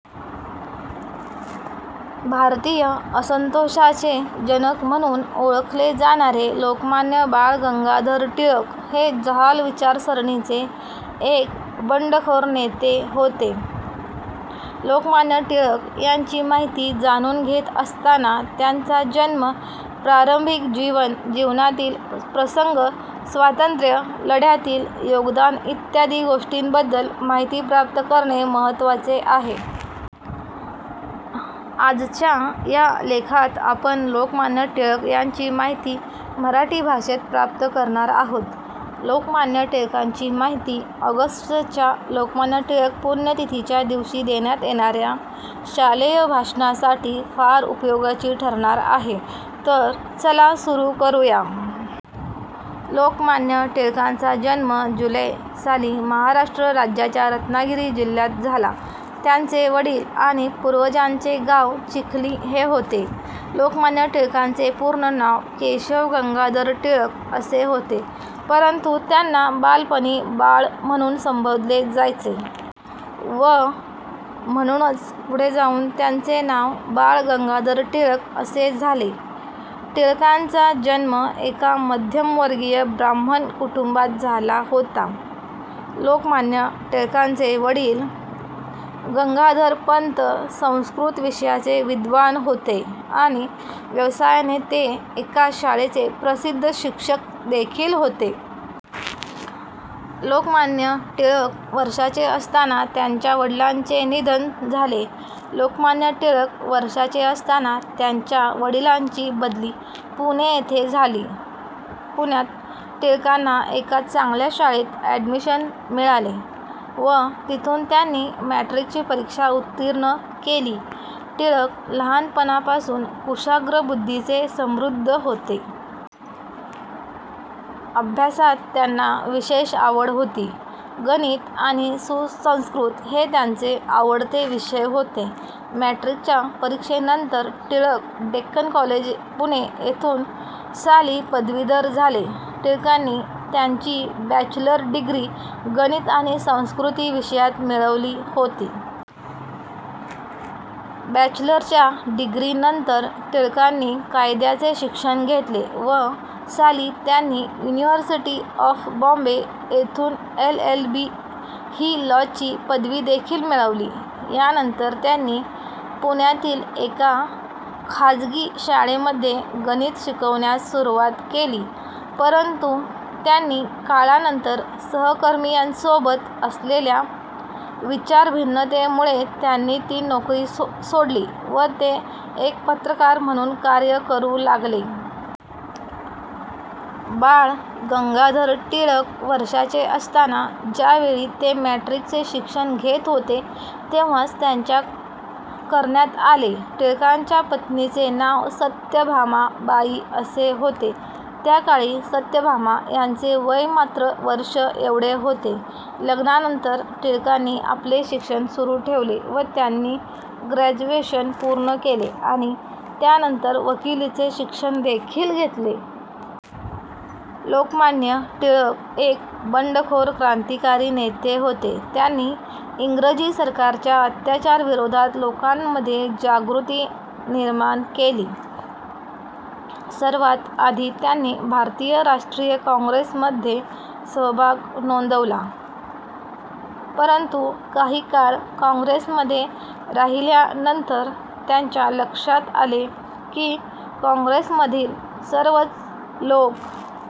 भारतीय असंतोषाचे जनक म्हणून ओळखले जाणारे लोकमान्य बाळ गंगाधर टिळक हे जहाल विचारसरणीचे एक बंडखोर नेते होते. लोकमान्य टिळक यांची माहिती जाणून घेत असताना त्यांचा जन्म प्रारंभिक जीवन जीवनातील प्रसंग स्वातंत्र्य लढ्यातील योगदान इत्यादी गोष्टींबद्दल माहिती प्राप्त करणे महत्त्वाचे आहे. आजच्या या लेखात आपण लोकमान्य टिळक यांची माहिती मराठी भाषेत प्राप्त करणार आहोत. लोकमान्य टिळकांची माहिती ऑगस्ट च्या लोकमान्य टिळक पुण्यतिथीच्या दिवशी देण्यात येणाऱ्या शालेय भाषणासाठी फार उपयोगाची ठरणार आहे. तर चला सुरू करूया. लोकमान्य टिळकांचा जन्म जुलै साली महाराष्ट्र राज्याच्या रत्नागिरी जिल्ह्यात झाला. त्यांचे वडील आणि पूर्वजांचे गाव चिखली हे होते. लोकमान्य टिळकांचे पूर्ण नाव केशव गंगाधर टिळक असे होते. परंतु त्यांना बालपणी बाळ म्हणून संबोधले जायचे. व म्हणूनच पुढे जाऊन त्यांचे नाव बाळ गंगाधर टिळक असे झाले. टिळकांचा जन्म एका मध्यमवर्गीय ब्राह्मण कुटुंबात झाला होता. लोकमान्य टिळकांचे वडील गंगाधरपंत संस्कृत विषयाचे विद्वान होते आणि व्यवसायाने ते एका शाळेचे प्रसिद्ध शिक्षक देखील होते. लोकमान्य टिळक वर्षाचे असताना त्यांच्या वडिलांचे निधन झाले. लोकमान्य टिळक वर्षाचे असताना त्यांच्या वडिलांची बदली पुणे येथे झाली. पुण्यात टिळकांना एका चांगल्या शाळेत ऍडमिशन मिळाले व तिथून त्यांनी मॅट्रिकची परीक्षा उत्तीर्ण केली. टिळक लहानपणापासून कुशाग्र बुद्धीने समृद्ध होते. अभ्यासात त्यांना विशेष आवड होती. गणित आणि संस्कृत हे त्यांचे आवडते विषय होते. मॅट्रिकच्या परीक्षेनंतर टिळक डेक्कन कॉलेज पुणे येथून साली पदवीधर झाले. टिळकांनी त्यांची बॅचलर डिग्री गणित आणि संस्कृती विषयात मिळवली होती. बॅचलरच्या डिग्री नंतर टिळकांनी कायद्याचे शिक्षण घेतले व साली त्यांनी युनिव्हर्सिटी ऑफ बॉम्बे येथून एलएलबी ही लॉ ची पदवीदेखील मिळवली. यानंतर त्यांनी पुण्यातील एका खाजगी शाळेमध्ये गणित शिकवण्यास सुरुवात केली. परंतु काही काळानंतर सहकर्मियांसोबत असलेल्या विचार भिन्नते मुळे त्यांनी ती नोकरी सोडली व ते एक पत्रकार म्हणून कार्य करू लागले. बाळ गंगाधर टिळक वर्षाचे असताना, ज्यावेळी ते मॅट्रिक चे शिक्षण घेत होते तेव्हाच त्यांच्या करण्यात आले. टिळकांच्या पत्नीचे नाव सत्यभामा बाई असे होते. त्याकाळी सत्यभामा यांचे वय मात्र वर्ष एवढे होते. लग्नानंतर टिळकांनी आपले शिक्षण सुरू ठेवले व त्यांनी ग्रॅज्युएशन पूर्ण केले आणि त्यानंतर वकिलीचे शिक्षण देखील घेतले. लोकमान्य टिळक एक बंडखोर क्रांतिकारी नेते होते. त्यांनी इंग्रजी सरकारच्या अत्याचार विरोधात लोकांमध्ये जागृती निर्माण केली. सर्वात आधी त्यांनी भारतीय राष्ट्रीय काँग्रेसमध्ये सहभाग नोंदवला. परंतु काही काळ काँग्रेसमध्ये राहिल्यानंतर त्यांच्या लक्षात आले की काँग्रेस मधील सर्वच लोक